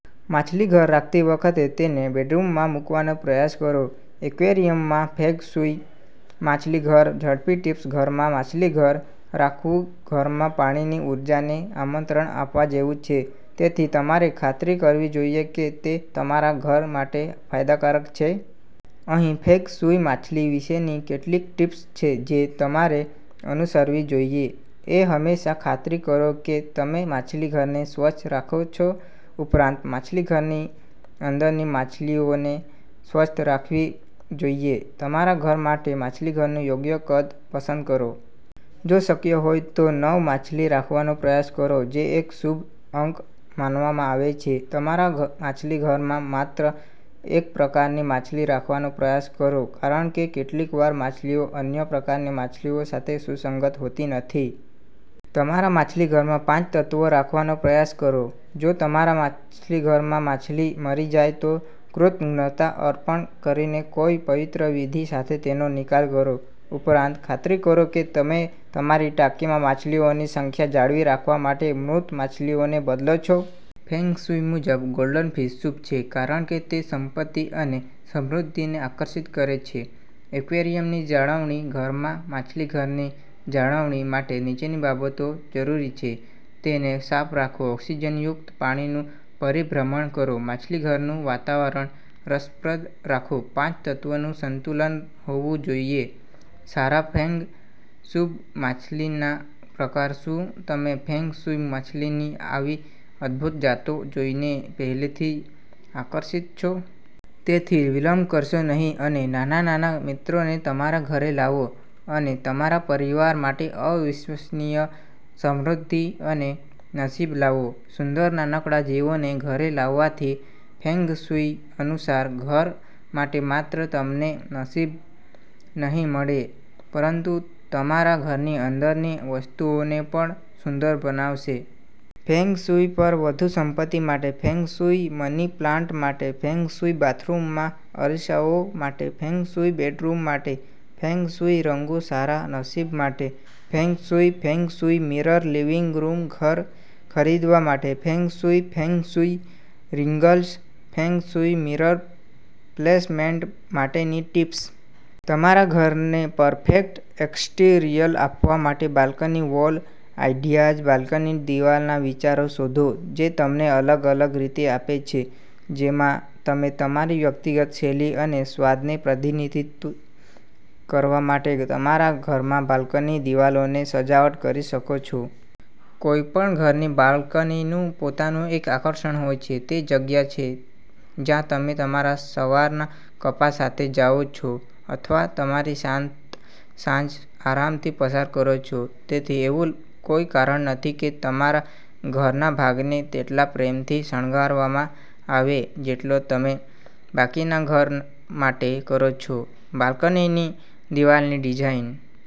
માછલીઘર રાખતી વખતે, તેને બેડરૂમમાંમૂકવાનો પ્રયાસ કરો. એક્વેરિયમમાં ફેંગ શુઇ માછલી પર ઝડપી ટિપ્સ ઘરમાં માછલીઘર રાખવુંઘરમાં પાણીની ઊર્જાને આમંત્રણ આપવા જેવું છે. તેથી તમારે ખાતરી કરવી જોઈએ કે તે તમારા ઘર માટે ફાયદાકારક છે. અહીં ફેંગ શુઇ માછલી વિશેની કેટલીક ટીપ્સ છે જે તમારે અનુસરવી જોઈએહંમેશા ખાતરી કરો કે તમે માછલીઘરને સ્વચ્છ રાખો છો. ઉપરાંત, માછલીઘરની અંદરની માછલીઓને સ્વસ્થ રાખવી જોઈએ. તમારા ઘર માટે માછલીઘરનું યોગ્ય કદ પસંદ કરો. જો શક્ય હોય તો, નવ માછલી રાખવાનો પ્રયાસ કરો, જે એક શુભ અંક માનવામાં આવે છે. તમારા માછલીઘરમાં માત્ર એકપ્રકારની માછલી રાખવાનો પ્રયાસ કરો કારણ કે કેટલીકવાર માછલીઓ અન્ય પ્રકારની માછલીઓ સાથે સુસંગત હોતી નથી. તમારા માછલીઘરમાં પાંચ તત્વો રાખવાનો પ્રયાસ કરો. જો તમારા માછલીઘરમાં માછલી મરી જાય, તો કૃતજ્ઞતા અર્પણ કરીને કોઈ પવિત્ર વિધિ સાથે તેનો નિકાલ કરો. ઉપરાંત, ખાતરી કરો કે તમે તમારી ટાંકીમાં માછલીઓની સંખ્યા જાળવી રાખવા માટે મૃત માછલીને બદલો છો. ફેંગ શુઇ મુજબ, ગોલ્ડફિશ શુભ છે કારણ કે તે સંપત્તિ અને સમૃદ્ધિને આકર્ષિત કરે છે. એક્વેરિયમની જાળવણી ઘરમાં માછલીઘરની જાળવણી માટે નીચેની બાબતો જરૂરી છે. તેને સાફ રાખો ઓક્સિજનયુક્ત પાણીનું પરિભ્રમણ કરો માછલીઘરનું વાતાવરણ રસપ્રદ રાખો પાંચ તત્વોનું સંતુલન હોવું જોઈએ સારાંશફેંગ શુઇ માછલીના પ્રકાર શું તમે ફેંગ શુઇ માછલીની આવી અદ્ભુત જાતો જોઈને પહેલેથીઆકર્ષિત છો? તેથી, વિલંબ કરશો નહીં અને નાના નાના મિત્રોને તમારા ઘરે લાવો અને તમારા પરિવાર માટે અવિશ્વસનીય સમૃદ્ધિ અને નસીબ લાવો. સુંદર નાનકડા જીવોને ઘરે લાવવાથી ફેંગશુઈ અનુસાર ઘર માટે માત્ર તમને નસીબનહીં મળે પરંતુ તમારા ઘરની અંદરની વસ્તુઓને પણ સુંદર બનાવશે. ફેંગ શુઇ પર વધુ સંપત્તિ માટે ફેંગ શુઇ મની પ્લાન્ટ માટે ફેંગ શુઇ બાથરૂમમાં અરીસાઓ માટે ફેંગ શુઇ બેડરૂમ માટે ફેંગ શુઇ રંગો સારા નસીબ માટે feng shui feng shui mirror living room ઘર ખરીદવા માટે feng shui feng shui rings feng shui mirror placement માટેની ટિપ્સ+.. તમારા ઘરને પરફેક્ટ એક્સટીરિયર આપવા માટે બાલ્કની વોલ આઈડિયાઝ બાલ્કની દિવાલના વિચારો શોધો જે તમને અલગ અલગ રીતે આપે છે જેમાં તમે તમારી વ્યક્તિગત શૈલી અને સ્વાદને પ્રતિબિંબિત કરવા માટે તમારા ઘરમાં બાલ્કનીની દિવાલોને સજાવટ કરી શકો છો. કોઈપણ ઘરની બાલ્કનીનું પોતાનું એક આકર્ષણ હોય છે. તે જગ્યા છે જ્યાં તમે તમારા સવારના કપા સાથે જાઓ છો અથવા તમારી શાંત સાંજ આરામથી પસાર કરો છો. તેથી, એવું કોઈ કારણ નથી કે તમારા ઘરનાભાગને તેટલા પ્રેમથી શણગારવામાંઆવે જેટલો તમે બાકીના ઘર માટે કરો છો. બાલ્કનીની દિવાલની ડિઝાઇન